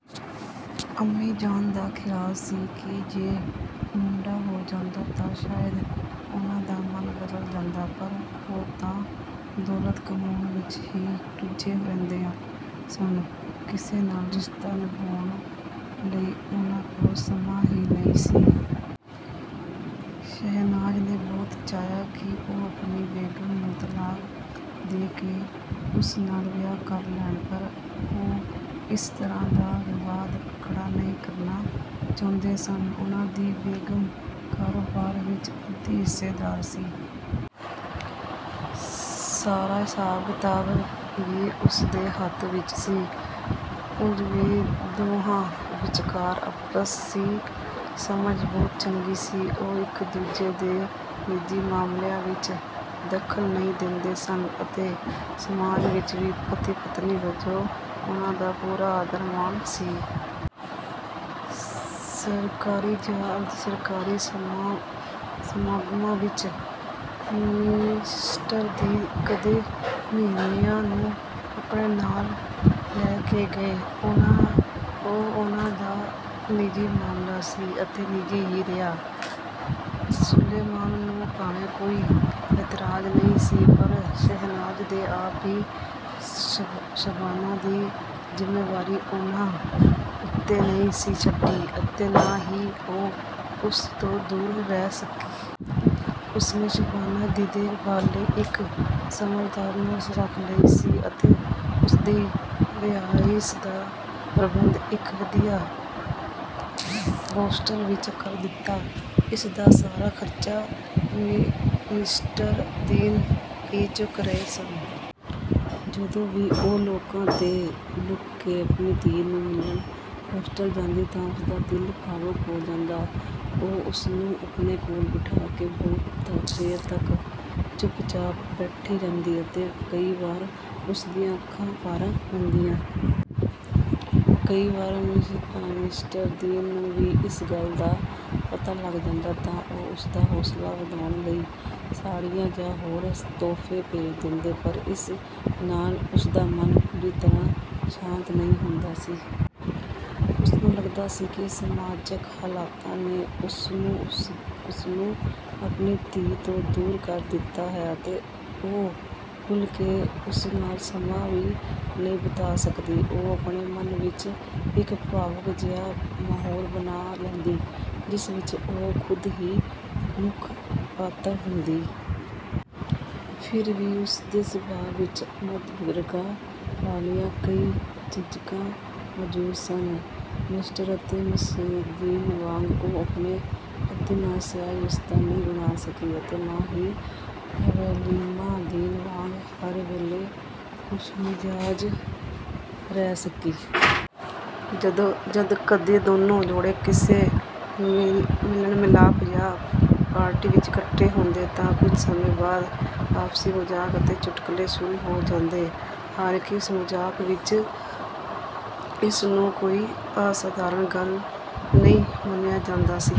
ਅੰਮੀ ਜਾਨ ਦਾ ਖ਼ਿਆਲ ਸੀ ਕਿ ਜੇ ਮੁੰਡਾ ਹੋ ਜਾਂਦਾ, ਤਾਂ ਸ਼ਾਇਦ ਉਹਨਾਂ ਦਾ ਮਨ ਬਦਲ ਜਾਂਦਾ। ਪਰ ਉਹ ਤਾਂ ਦੌਲਤ ਕਮਾਉਣ ਵਿੱਚ ਹੀ ਰੁੱਝੇ ਰਹਿੰਦੇ ਸਨ। ਕਿਸੇ ਨਾਲ ਰਿਸ਼ਤਾ ਨਿਭਾਉਣ ਲਈ ਉਹਨਾਂ ਕੋਲ ਸਮਾਂ ਹੀ ਨਹੀਂ ਸੀ। ਸ਼ਹਿਨਾਜ਼ ਨੇ ਬਹੁਤ ਚਾਹਿਆ ਕਿ ਉਹ ਆਪਣੀ ਬੇਗ਼ਮ ਨੂੰ ਤਲਾਕ ਦੇ ਕੇ ਉਸ ਨਾਲ ਵਿਆਹ ਕਰ ਲੈਣ, ਪਰ ਉਹ ਇਸ ਤਰ੍ਹਾਂ ਦਾ ਵਿਵਾਦ ਖੜ੍ਹਾ ਨਹੀਂ ਕਰਨਾ ਚਾਹੁੰਦੇ ਸਨ। ਉਹਨਾਂ ਦੀ ਬੇਗ਼ਮ ਕਾਰੋਬਾਰ ਵਿੱਚ ਅੱਧੀ ਹਿੱਸੇਦਾਰ ਸੀ। ਸਾਰਾ ਹਿਸਾਬ-ਕਿਤਾਬ ਵੀ ਉਸੇ ਦੇ ਹੱਥ ਵਿੱਚ ਸੀ। ਉਂਝ ਵੀ ਦੋਹਾਂ ਵਿਚਕਾਰ ਆਪਸੀ ਸਮਝ ਬਹੁਤ ਚੰਗੀ ਸੀ। ਉਹ ਇੱਕ-ਦੂਜੇ ਦੇ ਨਿੱਜੀ ਮਾਮਲਿਆਂ ਵਿੱਚ ਦਖ਼ਲ ਨਹੀਂ ਦਿੰਦੇ ਸਨ ਅਤੇ ਸਮਾਜ ਵਿੱਚ ਵੀ ਪਤੀ-ਪਤਨੀ ਵਜੋਂ ਉਹਨਾਂ ਦਾ ਪੂਰਾ ਆਦਰ-ਮਾਣ ਸੀ। ਸਰਕਾਰੀ ਜਾਂ ਅਰਧ-ਸਰਕਾਰੀ ਸਮਾਗਮਾਂ ਵਿੱਚ ਮਿਸਟਰ ਦੀਨ ਕਦੇ ਸ਼ਹੀਨੋ ਨੂੰ ਆਪਣੇ ਨਾਲ ਨਹੀਂ ਲੈ ਕੇ ਗਏ। ਉਹ ਉਹਨਾਂ ਦਾ ਨਿੱਜੀ ਮਾਮਲਾ ਸੀ ਅਤੇ ਨਿੱਜੀ ਹੀ ਰਿਹਾ। ਸੁਲੇਮਾਨ ਨੂੰ ਭਾਵੇਂ ਕੋਈ ਇਤਰਾਜ਼ ਨਹੀਂ ਸੀ, ਪਰ ਸ਼ਹਿਨਾਜ਼ ਨੇ ਆਪ ਹੀ ਸ਼ਬਾਨਾ ਦੀ ਜ਼ਿੰਮੇਵਾਰੀ ਉਹਨਾਂ ਉੱਤੇ ਨਹੀਂ ਸੀ ਛੱਡੀ ਅਤੇ ਨਾ ਹੀ ਉਹ ਉਸ ਤੋਂ ਦੂਰ ਰਹਿ ਸਕੀ। ਉਸਨੇ ਸ਼ਬਾਨਾ ਦੀ ਦੇਖਭਾਲ ਲਈ ਇੱਕ ਸਮਝਦਾਰ ਨਰਸ ਰੱਖ ਲਈ ਸੀ ਅਤੇ ਉਸਦੀ ਰਿਹਾਇਸ਼ ਦਾ ਪ੍ਰਬੰਧ ਇੱਕ ਵਧੀਆ ਹੋਸਟਲ ਵਿੱਚ ਕਰ ਦਿੱਤਾ ਸੀ। ਇਸ ਦਾ ਸਾਰਾ ਖਰਚਾ ਮਿਸਟਰ ਦੀਨ ਹੀ ਚੁੱਕ ਰਹੇ ਸਨ। ਜਦੋਂ ਵੀ ਉਹ ਲੋਕਾਂ ਤੋਂ ਲੁਕ ਕੇ ਆਪਣੀ ਧੀ ਨੂੰ ਮਿਲਣ ਹੋਸਟਲ ਜਾਂਦੀ, ਤਾਂ ਉਸਦਾ ਦਿਲ ਭਾਵੁਕ ਹੋ ਜਾਂਦਾ। ਉਹ ਉਸਨੂੰ ਆਪਣੇ ਕੋਲ ਬਿਠਾ ਕੇ ਬਹੁਤ ਦੇਰ ਤੱਕ ਚੁੱਪਚਾਪ ਬੈਠੀ ਰਹਿੰਦੀ ਅਤੇ ਕਈ ਵਾਰ ਉਸਦੀਆਂ ਅੱਖਾਂ ਭਰ ਆਉਂਦੀਆਂ। ਕਈ ਵਾਰ ਮਿਸਟਰ ਦੀਨ ਨੂੰ ਵੀ ਇਸ ਗੱਲ ਦਾ ਪਤਾ ਲੱਗ ਜਾਂਦਾ, ਤਾਂ ਉਹ ਉਸਦਾ ਹੌਸਲਾ ਵਧਾਉਣ ਲਈ ਸਾੜ੍ਹੀਆਂ ਜਾਂ ਹੋਰ ਤੋਹਫ਼ੇ ਭੇਜ ਦਿੰਦੇ। ਪਰ ਇਸ ਨਾਲ ਉਸਦਾ ਮਨ ਪੂਰੀ ਤਰ੍ਹਾਂ ਸ਼ਾਂਤ ਨਹੀਂ ਹੁੰਦਾ ਸੀ। ਉਸਨੂੰ ਲੱਗਦਾ ਸੀ ਕਿ ਸਮਾਜਕ ਹਾਲਾਤਾਂ ਨੇ ਉਸਨੂੰ ਆਪਣੀ ਧੀ ਤੋਂ ਦੂਰ ਕਰ ਦਿੱਤਾ ਹੈ ਅਤੇ ਉਹ ਖੁੱਲ੍ਹ ਕੇ ਉਸ ਨਾਲ ਸਮਾਂ ਵੀ ਨਹੀਂ ਬਿਤਾ ਸਕਦੀ। ਉਹ ਆਪਣੇ ਮਨ ਵਿੱਚ ਇੱਕ ਭਾਵੁਕ ਜਿਹਾ ਮਾਹੌਲ ਬਣਾ ਲੈਂਦੀ, ਜਿਸ ਵਿੱਚ ਉਹ ਖੁਦ ਹੀ ਮੁੱਖ ਪਾਤਰ ਹੁੰਦੀ। ਫਿਰ ਵੀ ਉਸਦੇ ਸੁਭਾਅ ਵਿੱਚ ਮੱਧ ਵਰਗ ਵਾਲੀਆਂ ਕਈ ਝਿਝਕਾਂ ਮੌਜੂਦ ਸਨ। ਮਿਸਟਰ ਅਤੇ ਮਿਸੇਜ ਦੀਨ ਵਾਂਗ ਉਹ ਆਪਣੇ ਪਤੀ ਨਾਲ ਸਹਿਜ ਰਿਸ਼ਤਾ ਨਹੀਂ ਬਣਾ ਸਕੀ ਅਤੇ ਨਾ ਹੀ ਹਲੀਮਾ ਦੀਨ ਵਾਂਗ ਹਰ ਵੇਲੇ ਖੁਸ਼ਮਿਜ਼ਾਜ ਰਹਿ ਸਕੀ। ਜਦੋਂ ਕਦੇ ਦੋਵੇਂ ਜੋੜੇ ਕਿਸੇ ਮਿਲਣ-ਮਿਲਾਪ ਜਾਂ ਪਾਰਟੀ ਵਿੱਚ ਇਕੱਠੇ ਹੁੰਦੇ, ਤਾਂ ਕੁਝ ਸਮੇਂ ਬਾਅਦ ਆਪਸੀ ਮਜ਼ਾਕ ਅਤੇ ਚੁਟਕਲੇ ਸ਼ੁਰੂ ਹੋ ਜਾਂਦੇ। ਹਾਲਾਂਕਿ ਉਸ ਸਮਾਜ ਵਿੱਚ ਇਸ ਨੂੰ ਕੋਈ ਅਸਧਾਰਨ ਗੱਲ ਨਹੀਂ ਮੰਨਿਆ ਜਾਂਦਾ ਸੀ।